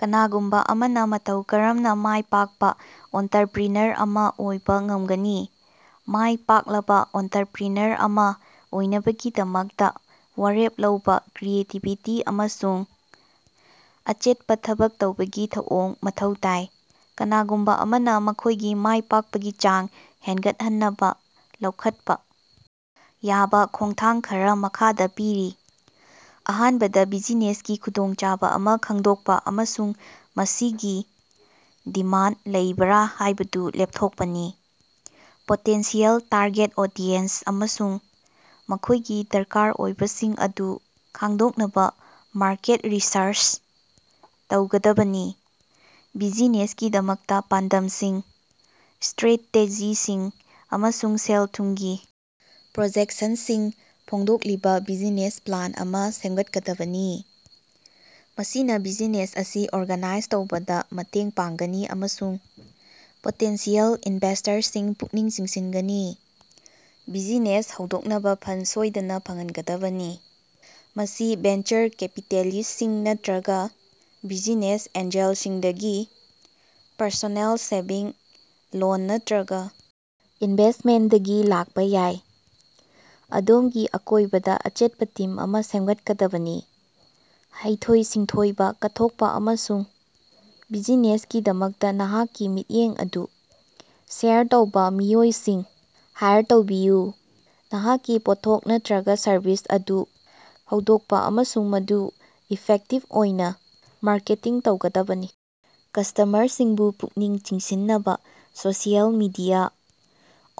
ꯀꯅꯥꯒꯨꯝꯕꯥ ꯑꯃꯅꯥ ꯃꯇꯧ ꯀꯔꯝꯅꯥ ꯃꯥꯏ ꯄꯥꯛꯄꯥ ꯑꯣꯟꯇꯔꯄ꯭ꯔꯤꯅꯔ ꯑꯃꯥ ꯑꯣꯏꯕꯥ ꯉꯝꯒꯅꯤ? ꯃꯥꯏ ꯄꯥꯛꯂꯕꯥ ꯑꯣꯟꯇꯔꯄ꯭ꯔꯤꯅꯔ ꯑꯃꯥ ꯑꯣꯏꯅꯕꯒꯤꯗꯃꯛꯇꯥ ꯋꯥꯔꯦꯞ ꯂꯧꯕꯥ, ꯀ꯭ꯔꯤꯌꯦꯇꯤꯕꯤꯇꯤ ꯑꯃꯁꯨꯡ ꯑꯆꯦꯠꯄꯥ ꯊꯕꯛ ꯇꯧꯕꯒꯤ ꯊꯧꯑꯣꯡ ꯃꯊꯧ ꯇꯥꯏ꯫ ꯀꯅꯥꯒꯨꯝꯕꯥ ꯑꯃꯅꯥ ꯃꯈꯣꯏꯒꯤ ꯃꯥꯏ ꯄꯥꯛꯄꯒꯤ ꯆꯥꯡ ꯍꯦꯟꯒꯠꯍꯟꯅꯕꯥ ꯂꯧꯈꯠꯄꯥ ꯌꯥꯕꯥ ꯈꯣꯡꯊꯥꯡ ꯈꯔꯥ ꯃꯈꯥꯗ ꯄꯤꯔꯤ: ꯑꯍꯥꯟꯕꯗ ꯕꯤꯖꯤꯅꯦꯁꯀꯤ ꯈꯨꯗꯣꯡꯆꯥꯕ ꯑꯃꯥ ꯈꯪꯗꯣꯛꯄꯥ ꯑꯃꯁꯨꯡ ꯃꯁꯤꯒꯤ ꯗꯤꯃꯥꯟ ꯂꯩꯕ꯭ꯔꯥ ꯍꯥꯏꯕꯗꯨ ꯂꯦꯞꯊꯣꯛꯄꯥꯅꯤ꯫ ꯄꯣꯇꯦꯟꯁꯤꯌꯦꯜ ꯇꯥꯔꯒꯦꯠ ꯑꯣꯗꯤꯁꯟ ꯑꯃꯁꯨꯡ ꯃꯈꯣꯏꯒꯤ ꯗꯔꯀꯥꯔ ꯑꯣꯏꯕꯁꯤꯡ ꯑꯗꯨ ꯈꯪꯗꯣꯛꯅꯕꯥ ꯃꯥꯔꯀꯦꯠ ꯔꯤꯁꯔꯆ ꯇꯧꯒꯗꯕꯅꯤ꯫ ꯕꯤꯖꯤꯅꯦꯁꯀꯤꯗꯃꯛꯇꯥ ꯄꯥꯟꯗꯝꯁꯤꯡ, ꯏꯁꯇ꯭ꯔꯦꯇꯦꯖꯤꯁꯤꯡ ꯑꯃꯁꯨꯡ ꯁꯦꯜ-ꯊꯨꯝꯒꯤ ꯄ꯭ꯔꯣꯖꯦꯛꯁꯟꯁꯤꯡ ꯐꯣꯡꯗꯣꯛꯂꯤꯕꯥ ꯕꯤꯖꯤꯅꯦꯁ ꯄ꯭ꯂꯥꯟ ꯑꯃꯥ ꯁꯦꯝꯒꯗꯕꯅꯤ꯫ ꯃꯁꯤꯅꯥ ꯕꯤꯖꯤꯅꯦꯁ ꯑꯁꯤ ꯑꯣꯔꯒꯅꯥꯏꯖ ꯇꯧꯕꯗꯥ ꯃꯇꯦꯡ ꯄꯥꯡꯒꯅꯤ ꯑꯃꯁꯨꯡ ꯄꯣꯇꯦꯟꯁꯤꯌꯦꯜ ꯏꯟꯚꯦꯁꯇꯔꯁꯤꯡ ꯄꯨꯛꯅꯤꯡ ꯆꯤꯡꯁꯤꯟꯒꯅꯤ꯫ ꯕꯤꯖꯤꯅꯦꯁ ꯍꯧꯗꯣꯛꯅꯕꯥ ꯐꯟ ꯁꯣꯏꯗꯅꯥ ꯐꯪꯍꯟꯒꯗꯕꯅꯤ꯫ ꯃꯁꯤ ꯚꯦꯟꯆꯔ ꯀꯦꯄꯤꯇꯦꯂꯤꯁꯁꯤꯡ ꯅꯠꯇ꯭ꯔꯒꯥ ꯕꯤꯖꯤꯅꯦꯁ ꯑꯦꯟꯖꯦꯜꯁꯤꯡꯗꯒꯤ ꯄꯔꯁꯣꯅꯦꯜ ꯁꯦꯚꯤꯡ, ꯂꯣꯟ ꯅꯠꯇ꯭ꯔꯒꯥ ꯏꯟꯚꯦꯁꯃꯦꯟꯗꯒꯤ ꯂꯥꯛꯄꯥ ꯌꯥꯏ꯫ ꯑꯗꯣꯝꯒꯤ ꯑꯀꯣꯏꯕꯗꯥ ꯑꯆꯦꯠꯄꯥ ꯇꯤꯝ ꯑꯃꯥ ꯁꯦꯝꯒꯠꯀꯗꯕꯅꯤ꯫ ꯍꯩꯊꯣꯏ-ꯁꯤꯡꯊꯣꯏꯕꯥ, ꯀꯠꯊꯣꯛꯄꯥ ꯑꯃꯁꯨꯡ ꯕꯤꯖꯤꯅꯦꯁꯀꯤꯗꯃꯛꯇꯥ ꯅꯍꯥꯛꯀꯤ ꯃꯤꯠꯌꯦꯡ ꯑꯗꯨ ꯁꯦꯌꯔ ꯇꯧꯕꯥ ꯃꯤꯑꯣꯏꯁꯤꯡ ꯍꯥꯏꯌꯔ ꯇꯧꯕꯤꯌꯨ꯫ ꯅꯍꯥꯛꯀꯤ ꯄꯣꯠꯊꯣꯛ ꯅꯠꯇ꯭ꯔꯒꯥ ꯁꯔꯚꯤꯁ ꯑꯗꯨ ꯍꯧꯗꯣꯛꯄꯥ ꯑꯃꯁꯨꯡ ꯃꯗꯨ ꯏꯐꯦꯛꯇꯤꯞ ꯑꯣꯏꯅꯥ ꯃꯥꯔꯀꯦꯇꯤꯡ ꯇꯧꯒꯗꯕꯅꯤ꯫ ꯀꯁ꯭ꯇꯃꯔꯁꯤꯡꯕꯨ ꯄꯨꯛꯅꯤꯡ ꯆꯤꯡꯁꯤꯟꯅꯕꯥ ꯁꯣꯁꯤꯑꯦꯜ ꯃꯤꯗꯤꯌꯥ,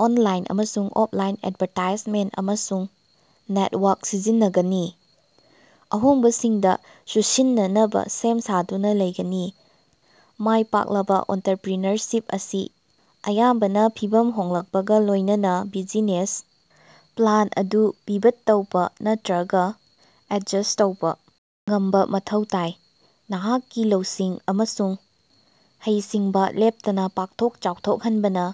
ꯑꯣꯟꯂꯥꯏꯟ ꯑꯃꯁꯨꯡ ꯑꯣꯞꯂꯥꯏꯟ ꯑꯦꯠꯚꯥꯔꯇꯥꯏꯖꯃꯦꯟꯇ ꯑꯃꯁꯨꯡ ꯅꯦꯠꯋꯥꯛ ꯁꯤꯖꯤꯟꯅꯒꯅꯤ꯫ ꯑꯍꯣꯡꯕꯁꯤꯡꯗꯥ ꯆꯨꯁꯤꯟꯅꯅꯕꯥ ꯁꯦꯝ ꯁꯥꯗꯨꯅꯥ ꯂꯩꯒꯅꯤ꯫ ꯃꯥꯏ ꯄꯥꯛꯂꯕꯥ ꯑꯣꯟꯇꯔꯄ꯭ꯔꯤꯅꯔꯁꯤꯞ ꯑꯁꯤ ꯑꯌꯥꯝꯕꯅꯥ ꯐꯤꯚꯝ ꯍꯣꯡꯂꯛꯄꯒꯥ ꯂꯣꯏꯅꯅꯥ ꯕꯤꯖꯤꯅꯦꯁ ꯄ꯭ꯂꯥꯟ ꯑꯗꯨ ꯄꯤꯚꯠ ꯇꯧꯕꯥ ꯅꯠꯇ꯭ꯔꯒꯥ ꯑꯦꯠꯖꯁ ꯇꯧꯕꯥ ꯉꯝꯕꯥ ꯃꯊꯧ ꯇꯥꯏ꯫ꯅꯍꯥꯛꯀꯤ ꯂꯧꯁꯤꯡ ꯑꯃꯁꯨꯡ ꯍꯩꯁꯤꯡꯕꯥ ꯂꯦꯞꯇꯅꯥ ꯄꯥꯛꯊꯣꯛ ꯆꯥꯎꯊꯣꯛꯍꯟꯕꯅꯥ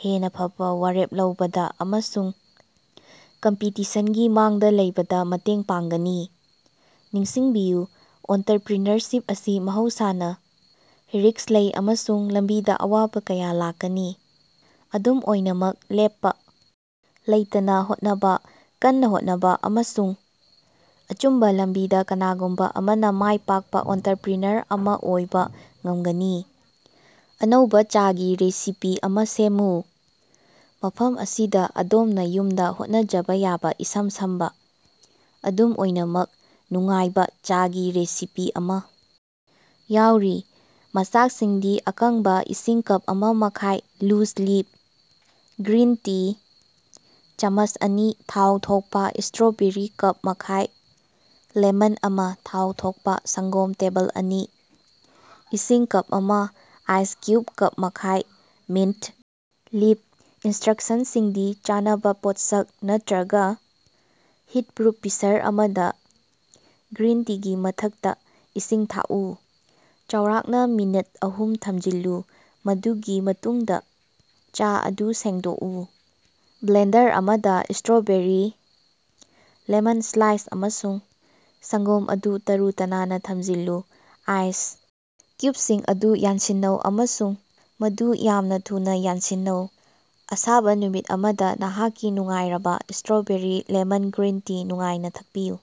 ꯍꯦꯟꯅꯥ ꯐꯕꯥ ꯋꯥꯔꯦꯞ ꯂꯧꯕꯗꯥ ꯑꯃꯁꯨꯡ ꯀꯝꯄꯤꯇꯤꯁꯟꯒꯤ ꯃꯥꯡꯗꯥ ꯂꯩꯕꯗꯥ ꯃꯇꯦꯡ ꯄꯥꯡꯒꯅꯤ꯫ ꯅꯤꯡꯁꯤꯡꯕꯤꯌꯨ, ꯑꯣꯟꯇꯔꯄ꯭ꯔꯤꯅꯔꯁꯤꯞ ꯑꯁꯤ ꯃꯍꯧꯁꯥꯅꯥ ꯔꯤꯛꯁ ꯂꯩ ꯑꯃꯁꯨꯡ ꯂꯝꯕꯤꯗꯥ ꯑꯋꯥꯕꯥ ꯀꯌꯥ ꯂꯥꯛꯀꯅꯤ꯫ ꯑꯗꯨꯝ ꯑꯣꯏꯅꯃꯛ, ꯂꯦꯞꯄꯥ ꯂꯩꯇꯅꯥ ꯍꯣꯠꯅꯕꯥ, ꯀꯟꯅꯥ ꯍꯣꯠꯅꯕꯥ, ꯑꯃꯁꯨꯡ ꯑꯆꯨꯝꯕꯥ ꯂꯝꯕꯤꯗꯥ ꯀꯅꯥꯒꯨꯝꯕꯥ ꯑꯃꯅꯥ ꯃꯥꯏꯄꯥꯛꯄꯥ ꯑꯣꯟꯇꯔꯄ꯭ꯔꯤꯅꯔ ꯑꯃꯥ ꯑꯣꯏꯕꯥ ꯉꯝꯒꯅꯤ꯫ ꯑꯅꯧꯕꯥ ꯆꯥꯒꯤ ꯔꯦꯁꯤꯄꯤ ꯑꯃꯥ ꯁꯦꯝꯃꯨ꯫ ꯃꯐꯝ ꯑꯁꯤꯗꯥ ꯑꯗꯣꯝꯅꯥ ꯌꯨꯝꯗꯥ ꯍꯣꯠꯅꯖꯕꯥ ꯌꯥꯕꯥ ꯏꯆꯝ ꯆꯝꯕꯥ, ꯑꯗꯨꯝ ꯑꯣꯏꯅꯃꯛ ꯅꯨꯡꯉꯥꯏꯕꯥ ꯆꯥꯒꯤ ꯔꯦꯁꯤꯄꯤ ꯑꯃꯥ ꯌꯥꯎꯔꯤ꯫ ꯃꯆꯥꯛꯁꯤꯡꯗꯤ ꯑꯀꯪꯕꯥ ꯏꯁꯤꯡ ꯀꯞ ꯑꯃꯥ ꯃꯈꯥꯏ ꯂꯨꯖ ꯂꯤꯐ ꯒ꯭ꯔꯤꯟ ꯇꯤ ꯆꯥꯃꯁ ꯑꯅꯤ ꯊꯥꯎ ꯊꯣꯛꯄꯥ ꯏꯁꯇ꯭ꯔꯣꯕꯦꯔꯤ ꯀꯞ ꯃꯈꯥꯏ ꯂꯦꯃꯟ ꯑꯃꯥ ꯊꯥꯎ ꯊꯣꯛꯄꯥ ꯁꯪꯒꯣꯝ ꯇꯦꯕꯜ ꯑꯅꯤ ꯏꯁꯤꯡ ꯀꯞ ꯑꯃꯥ ꯑꯥꯏꯁ ꯀ꯭ꯌꯨꯞ ꯀꯞ ꯃꯈꯥꯏ ꯃꯤꯟꯇ ꯂꯤꯞ, ꯏꯟꯁꯇ꯭ꯔꯛꯁꯟꯁꯤꯡꯗꯤ ꯆꯥꯅꯕꯥ ꯄꯣꯠꯁꯛ ꯅꯠꯇ꯭ꯔꯒꯥ ꯍꯤꯠꯄ꯭ꯔꯨꯞ ꯄꯤꯆꯔ ꯑꯃꯗꯥ, ꯒ꯭ꯔꯤꯟ ꯇꯤꯒꯤ ꯃꯊꯛꯇꯥ ꯏꯁꯤꯡ ꯊꯥꯛꯎ꯫ ꯆꯥꯎꯔꯥꯛꯅꯥ ꯃꯤꯅꯠ ꯑꯍꯨꯝ ꯊꯝꯖꯤꯜꯂꯨ ꯃꯗꯨꯒꯤ ꯃꯇꯨꯡꯗꯥ ꯆꯥ ꯑꯗꯨ ꯁꯦꯡꯗꯣꯛꯎ꯫ ꯕ꯭ꯂꯦꯟꯗꯔ ꯑꯃꯗꯥ, ꯏꯁꯇ꯭ꯔꯣꯕꯦꯔꯤ, ꯂꯦꯃꯟ ꯁ꯭ꯂꯥꯏꯁ ꯑꯃꯁꯨꯡ ꯁꯪꯒꯣꯝ ꯑꯗꯨ ꯇꯔꯨ-ꯇꯅꯥꯟꯅꯥ ꯊꯝꯖꯤꯜꯂꯨ꯫ ꯑꯥꯏꯁ ꯀ꯭ꯌꯨꯕꯁꯤꯡ ꯑꯗꯨ ꯌꯥꯟꯁꯤꯟꯅꯧ, ꯑꯃꯁꯨꯡ ꯃꯗꯨ ꯌꯥꯝꯅꯥ ꯊꯨꯅꯥ ꯌꯥꯟꯁꯤꯟꯅꯧ꯫ ꯑꯁꯥꯕ ꯅꯨꯃꯤꯠ ꯑꯃꯗꯥ ꯅꯍꯥꯛꯀꯤ ꯅꯨꯡꯉꯥꯏꯔꯕꯥ ꯏꯁꯇ꯭ꯔꯣꯕꯦꯔꯤ ꯂꯦꯃꯟ ꯒ꯭ꯔꯤꯟ ꯇꯤ ꯅꯨꯡꯉꯥꯏꯅ ꯊꯛꯄꯤꯎ꯫